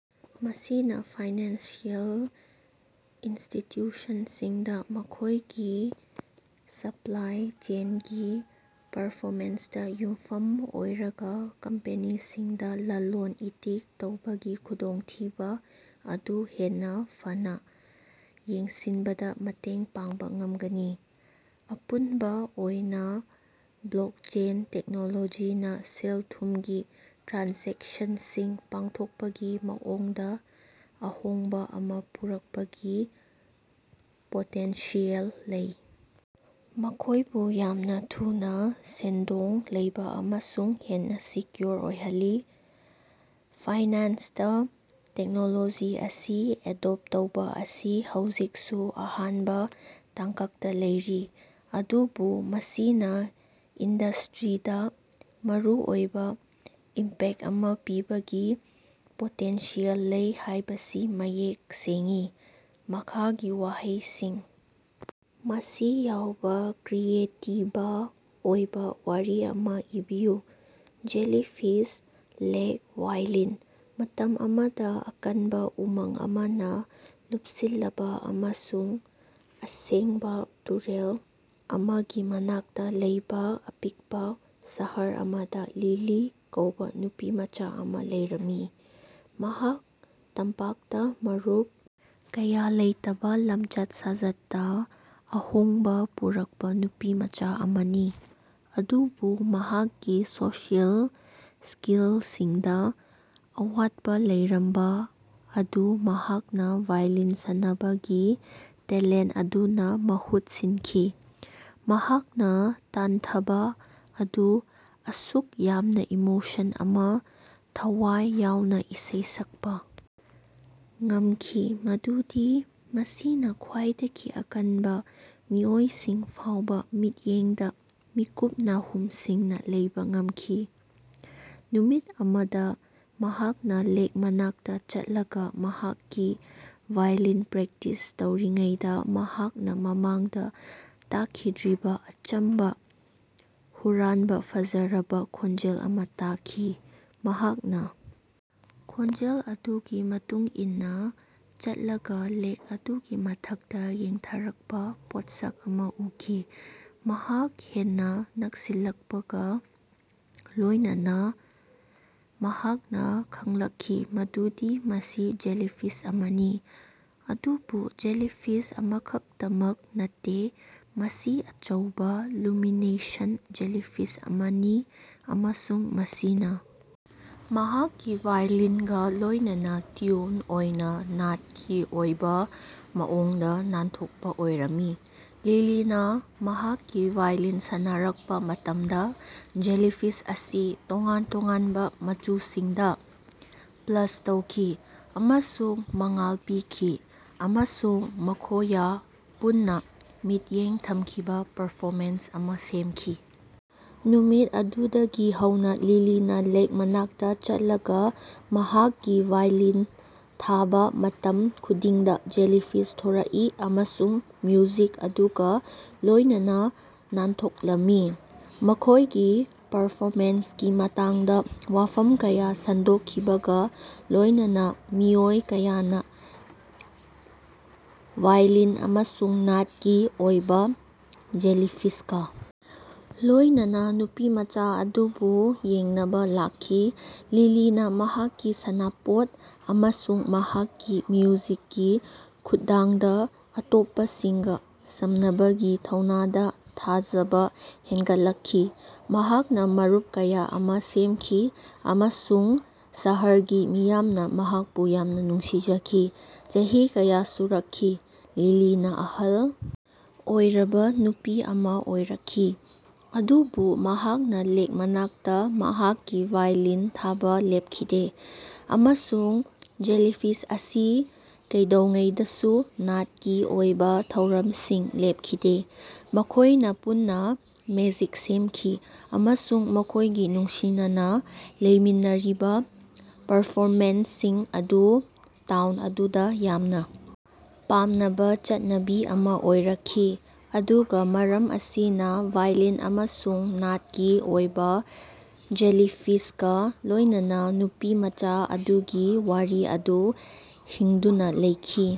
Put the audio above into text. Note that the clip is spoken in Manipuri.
ꯃꯁꯤꯅ ꯐꯥꯏꯅꯥꯟꯁꯤꯑꯦꯜ ꯏꯟꯁꯇꯤꯇ꯭ꯌꯨꯁꯟꯁꯤꯡꯗ ꯃꯈꯣꯏꯒꯤ ꯁꯄ꯭ꯂꯥꯏ ꯆꯦꯟꯒꯤ ꯄꯔꯐꯣꯃꯦꯟꯁꯇ ꯌꯨꯝꯐꯝ ꯑꯣꯏꯔꯒ ꯀꯝꯄꯦꯅꯤꯁꯤꯡꯗ ꯂꯂꯣꯟ-ꯏꯇꯤꯛ ꯇꯧꯕꯒꯤ ꯈꯨꯗꯣꯡꯊꯤꯕ ꯑꯗꯨ ꯍꯦꯟꯅ ꯐꯅ ꯌꯦꯡꯁꯤꯟꯕꯗ ꯃꯇꯦꯡ ꯄꯥꯡꯕ ꯉꯝꯒꯅꯤ꯫ ꯑꯄꯨꯟꯕ ꯑꯣꯏꯅ ꯕ꯭ꯂꯣꯛꯆꯦꯟ ꯇꯦꯛꯅꯣꯂꯣꯖꯤꯅ ꯁꯦꯜ-ꯊꯨꯝꯒꯤ ꯇ꯭ꯔꯥꯟꯖꯦꯛꯁꯟꯁꯤꯡ ꯄꯥꯡꯊꯣꯛꯄꯒꯤ ꯃꯑꯣꯡꯗ ꯑꯍꯣꯡꯕ ꯑꯃ ꯄꯨꯔꯛꯄꯒꯤ ꯄꯣꯇꯦꯟꯁꯤꯌꯦꯜ ꯂꯩ, ꯃꯈꯣꯏꯕꯨ ꯌꯥꯝꯅ ꯊꯨꯅ, ꯁꯦꯟꯗꯣꯡ ꯂꯩꯕ ꯑꯃꯁꯨꯡ ꯍꯦꯟꯅ ꯁꯦꯀ꯭ꯌꯨꯔ ꯑꯣꯏꯍꯜꯂꯤ꯫ ꯐꯥꯏꯅꯥꯟꯁꯇ ꯇꯦꯛꯅꯣꯂꯣꯖꯤ ꯑꯁꯤ ꯑꯦꯗꯣꯞ ꯇꯧꯕ ꯑꯁꯤ ꯍꯧꯖꯤꯛꯁꯨ ꯑꯍꯥꯟꯕ ꯇꯥꯡꯀꯛꯇ ꯂꯩꯔꯤ, ꯑꯗꯨꯕꯨ ꯃꯁꯤꯅ ꯏꯟꯗꯁꯇ꯭ꯔꯤꯗ ꯃꯔꯨꯑꯣꯏꯕ ꯏꯝꯄꯦꯛ ꯑꯃ ꯄꯤꯕꯒꯤ ꯄꯣꯇꯦꯟꯁꯤꯌꯦꯜ ꯂꯩ ꯍꯥꯏꯕꯁꯤ ꯃꯌꯦꯛ ꯁꯦꯡꯏ꯫ ꯃꯈꯥꯒꯤ ꯋꯥꯍꯩꯁꯤꯡ ꯑꯁꯤ ꯌꯥꯎꯕ ꯀ꯭ꯔꯤꯌꯦꯇꯤꯕ ꯑꯣꯏꯕ ꯋꯥꯔꯤ ꯑꯃ ꯏꯕꯤꯌꯨ: ꯖꯦꯂꯤꯐꯤꯁ, ꯂꯦꯛ, ꯋꯥꯏꯂꯤꯟ꯫ ꯃꯇꯝ ꯑꯃꯗ, ꯑꯀꯟꯕ ꯎꯃꯪ ꯑꯃꯅ ꯀꯨꯞꯁꯤꯜꯂꯕ ꯑꯃꯁꯨꯡ ꯑꯁꯦꯡꯕ ꯇꯨꯔꯦꯜ ꯑꯃꯒꯤ ꯃꯅꯥꯛꯇ ꯂꯩꯕ ꯑꯄꯤꯛꯄ ꯁꯍꯔ ꯑꯃꯗ ꯂꯤꯂꯤ ꯀꯧꯕ ꯅꯨꯄꯤꯃꯆꯥ ꯑꯃ ꯂꯩꯔꯝꯃꯤ꯫ ꯃꯍꯥꯛ ꯇꯝꯄꯥꯛꯇ ꯃꯔꯨꯞ ꯀꯌꯥ ꯂꯩꯇꯕ ꯂꯝꯆꯠ ꯁꯥꯖꯠꯇ ꯑꯍꯣꯡꯕ ꯄꯨꯔꯛꯄ ꯅꯨꯄꯤꯃꯆꯥ ꯑꯃꯅꯤ꯫ ꯑꯗꯨꯕꯨ ꯃꯍꯥꯛꯀꯤ ꯁꯣꯁꯤꯑꯦꯜ ꯁ꯭ꯀꯤꯜꯁꯤꯡꯗ ꯑꯋꯥꯠꯄ ꯂꯩꯔꯝꯕ ꯑꯗꯨ ꯃꯍꯥꯛꯅ ꯋꯥꯏꯂꯤꯟ ꯁꯥꯟꯅꯕꯒꯤ ꯇꯦꯂꯦꯟꯠ ꯑꯗꯨꯅ ꯃꯍꯨꯠ ꯁꯤꯟꯈꯤ꯫ ꯃꯍꯥꯛꯅ ꯇꯟꯊꯕ ꯑꯗꯨ ꯑꯁꯨꯛ ꯌꯥꯝꯅ ꯏꯃꯣꯁꯟ ꯑꯃꯁꯨꯡ ꯊꯋꯥꯏ ꯌꯥꯎꯅ ꯏꯁꯩ ꯁꯛꯄ ꯉꯝꯈꯤ ꯃꯗꯨꯗꯤ ꯃꯁꯤꯅ ꯈ꯭ꯋꯥꯏꯗꯒꯤ ꯑꯀꯟꯕ ꯃꯤꯑꯣꯏꯁꯤꯡ ꯐꯥꯎꯕ ꯃꯤꯠꯌꯦꯡꯗ ꯃꯤꯠꯀꯨꯞ ꯅꯥꯍꯨꯝ ꯁꯤꯡꯅ ꯂꯩꯕ ꯉꯝꯈꯤ꯫ ꯅꯨꯃꯤꯠ ꯑꯃꯗ ꯃꯍꯥꯛꯅ ꯂꯦꯛ ꯃꯅꯥꯛꯇ ꯆꯠꯂꯒ, ꯃꯍꯥꯛꯀꯤ ꯋꯥꯏꯂꯤꯟꯒꯤ ꯄ꯭ꯔꯦꯛꯇꯤꯁ ꯇꯧꯔꯤꯉꯩꯗ, ꯃꯍꯥꯛꯅ ꯃꯃꯥꯡꯗ ꯇꯥꯈꯤꯗ꯭ꯔꯤꯕ ꯑꯆꯝꯕ, ꯍꯨꯔꯥꯟꯕ ꯐꯖꯔꯕ ꯈꯣꯟꯖꯦꯜ ꯑꯃ ꯇꯥꯈꯤ꯫ ꯃꯍꯥꯛꯅ ꯈꯣꯟꯖꯦꯜ ꯑꯗꯨꯒꯤ ꯃꯇꯨꯡ ꯏꯟꯅ ꯆꯠꯂꯒ ꯂꯦꯛ ꯑꯗꯨꯒꯤ ꯃꯊꯛꯇ ꯆꯦꯟꯊꯔꯛꯄ ꯄꯣꯠꯁꯛ ꯑꯃ ꯎꯈꯤ꯫ ꯃꯍꯥꯛ ꯍꯦꯟꯅ ꯅꯛꯁꯤꯜꯂꯛꯄꯒ ꯂꯣꯏꯅꯅ ꯃꯍꯥꯛꯅ ꯈꯪꯂꯛꯈꯤ ꯃꯗꯨꯗꯤ ꯃꯁꯤ ꯖꯦꯂꯤꯐꯤꯁ ꯑꯃꯅꯤ, ꯑꯗꯨꯕꯨ ꯖꯦꯂꯤꯐꯤꯁ ꯑꯃꯈꯛꯇꯃꯛ ꯅꯠꯇꯦ꯫ ꯃꯁꯤ ꯑꯆꯧꯕ, ꯂꯨꯃꯤꯅꯦꯁꯦꯟꯠ ꯖꯦꯂꯤꯐꯤꯁ ꯑꯃꯅꯤ, ꯑꯃꯁꯨꯡ ꯃꯁꯤꯅ ꯃꯍꯥꯛꯀꯤ ꯋꯥꯏꯂꯤꯟꯒ ꯂꯣꯏꯅꯅ ꯇ꯭ꯌꯨꯟ ꯑꯣꯏꯅ ꯅꯥꯠꯀꯤ ꯑꯣꯏꯕ ꯃꯑꯣꯡꯗ ꯅꯥꯟꯊꯣꯛꯄ ꯑꯣꯏꯔꯝꯃꯤ꯫ ꯂꯤꯂꯤꯅ ꯃꯍꯥꯛꯀꯤ ꯋꯥꯏꯂꯤꯟ ꯁꯥꯟꯅꯔꯛꯄ ꯃꯇꯃꯗ ꯖꯦꯂꯤꯐꯤꯁ ꯑꯁꯤ ꯇꯣꯉꯥꯟ ꯇꯣꯉꯥꯟꯕ ꯃꯆꯨꯁꯤꯡꯗ ꯄ꯭ꯂꯁ ꯇꯧꯈꯤ ꯑꯃꯁꯨꯡ ꯃꯉꯥꯜ ꯄꯤꯈꯤ, ꯑꯃꯁꯨꯡ ꯃꯈꯣꯌ ꯄꯨꯟꯅꯥ ꯃꯤꯠꯌꯦꯡ ꯊꯝꯈꯤꯕ ꯄꯔꯐꯣꯃꯦꯟꯁ ꯑꯃ ꯁꯦꯝꯈꯤ꯫ ꯅꯨꯃꯤꯠ ꯑꯗꯨꯗꯒꯤ ꯍꯧꯅ ꯂꯤꯂꯤꯅ ꯂꯦꯛ ꯃꯅꯥꯛꯇ ꯆꯠꯂꯒ ꯃꯍꯥꯛꯀꯤ ꯋꯥꯏꯂꯤꯟ ꯊꯥꯕ ꯃꯇꯝ ꯈꯨꯗꯤꯡꯗ ꯖꯦꯂꯤꯐꯤꯁ ꯊꯣꯔꯛꯏ ꯑꯃꯁꯨꯡ ꯃ꯭ꯌꯨꯖꯤꯛ ꯑꯗꯨꯒ ꯂꯣꯏꯅꯅ ꯅꯥꯟꯊꯣꯛꯂꯝꯃꯤ꯫ ꯃꯈꯣꯏꯒꯤ ꯄꯔꯐꯣꯃꯦꯟꯁꯀꯤ ꯃꯇꯥꯡꯗ ꯋꯥꯐꯝ ꯀꯌꯥ ꯁꯟꯗꯣꯛꯈꯤꯕꯒ ꯂꯣꯏꯅꯅ ꯃꯤꯑꯣꯏ ꯀꯌꯥꯅ ꯋꯥꯏꯂꯤꯟ ꯑꯃꯁꯨꯡ ꯅꯥꯠꯀꯤ ꯑꯣꯏꯕ ꯖꯦꯂꯤꯐꯤꯁꯀ ꯂꯣꯏꯅꯅ ꯅꯨꯄꯤꯃꯆꯥ ꯑꯗꯨꯕꯨ ꯌꯦꯡꯅꯕ ꯂꯥꯛꯈꯤ꯫ ꯂꯤꯂꯤꯅ ꯃꯍꯥꯛꯀꯤ ꯁꯥꯟꯅꯄꯣꯠ ꯑꯃꯁꯨꯡ ꯃꯍꯥꯛꯀꯤ ꯃ꯭ꯌꯨꯖꯤꯛꯀꯤ ꯈꯨꯠꯊꯥꯡꯗ ꯑꯇꯣꯞꯄꯁꯤꯡꯒ ꯁꯝꯅꯕꯒꯤ ꯊꯧꯅꯥꯗ ꯊꯥꯖꯕ ꯍꯦꯟꯒꯠꯂꯛꯈꯤ꯫ ꯃꯍꯥꯛꯅ ꯃꯔꯨꯞ ꯀꯌꯥ ꯑꯃ ꯁꯦꯝꯈꯤ, ꯑꯃꯁꯨꯡ ꯁꯍꯔꯒꯤ ꯃꯤꯌꯥꯝꯅ ꯃꯍꯥꯛꯄꯨ ꯌꯥꯝꯅ ꯅꯨꯡꯁꯤꯖꯈꯤ꯫ ꯆꯍꯤ ꯀꯌꯥ ꯁꯨꯔꯛꯈꯤ, ꯂꯤꯂꯤꯅ ꯑꯍꯜ ꯑꯣꯏꯔꯕ ꯅꯨꯄꯤ ꯑꯃ ꯑꯣꯏꯔꯛꯈꯤ, ꯑꯗꯨꯕꯨ ꯃꯍꯥꯛꯅ ꯂꯦꯛ ꯃꯅꯥꯛꯇ ꯃꯍꯥꯛꯀꯤ ꯋꯥꯏꯂꯤꯟ ꯊꯥꯕ ꯂꯦꯞꯈꯤꯗꯦ꯫ ꯑꯃꯁꯨꯡ ꯖꯦꯂꯤꯐꯤꯁ ꯑꯁꯤ ꯀꯩꯗꯧꯉꯩꯗꯁꯨ ꯅꯥꯠꯀꯤ ꯑꯣꯏꯕ ꯊꯧꯔꯝꯁꯤꯡ ꯂꯦꯞꯈꯤꯗꯦ꯫ ꯃꯈꯣꯏꯅ ꯄꯨꯟꯅ ꯃꯦꯖꯤꯛ ꯁꯦꯝꯈꯤ, ꯑꯃꯁꯨꯡ ꯃꯈꯣꯏꯒꯤ ꯅꯨꯡꯁꯤꯅꯅ ꯂꯩꯃꯤꯟꯅꯔꯤꯕ ꯄꯔꯐꯣꯃꯦꯟꯁꯁꯤꯡ ꯑꯗꯨ ꯇꯥꯎꯟ ꯑꯗꯨꯗ ꯌꯥꯝꯅ ꯄꯥꯝꯅꯕ ꯆꯠꯅꯕꯤ ꯑꯃ ꯑꯣꯏꯔꯛꯈꯤ꯫ ꯑꯗꯨꯒ ꯃꯔꯝ ꯑꯁꯤꯅ, ꯋꯥꯏꯂꯤꯟ ꯑꯃꯁꯨꯡ ꯅꯥꯠꯀꯤ ꯑꯣꯏꯕ ꯖꯦꯂꯤꯐꯤꯁꯀ ꯂꯣꯏꯅꯅ ꯅꯨꯄꯤꯃꯆꯥ ꯑꯗꯨꯒꯤ ꯋꯥꯔꯤ ꯑꯗꯨ ꯍꯤꯡꯗꯨꯅ ꯂꯩꯈꯤ꯫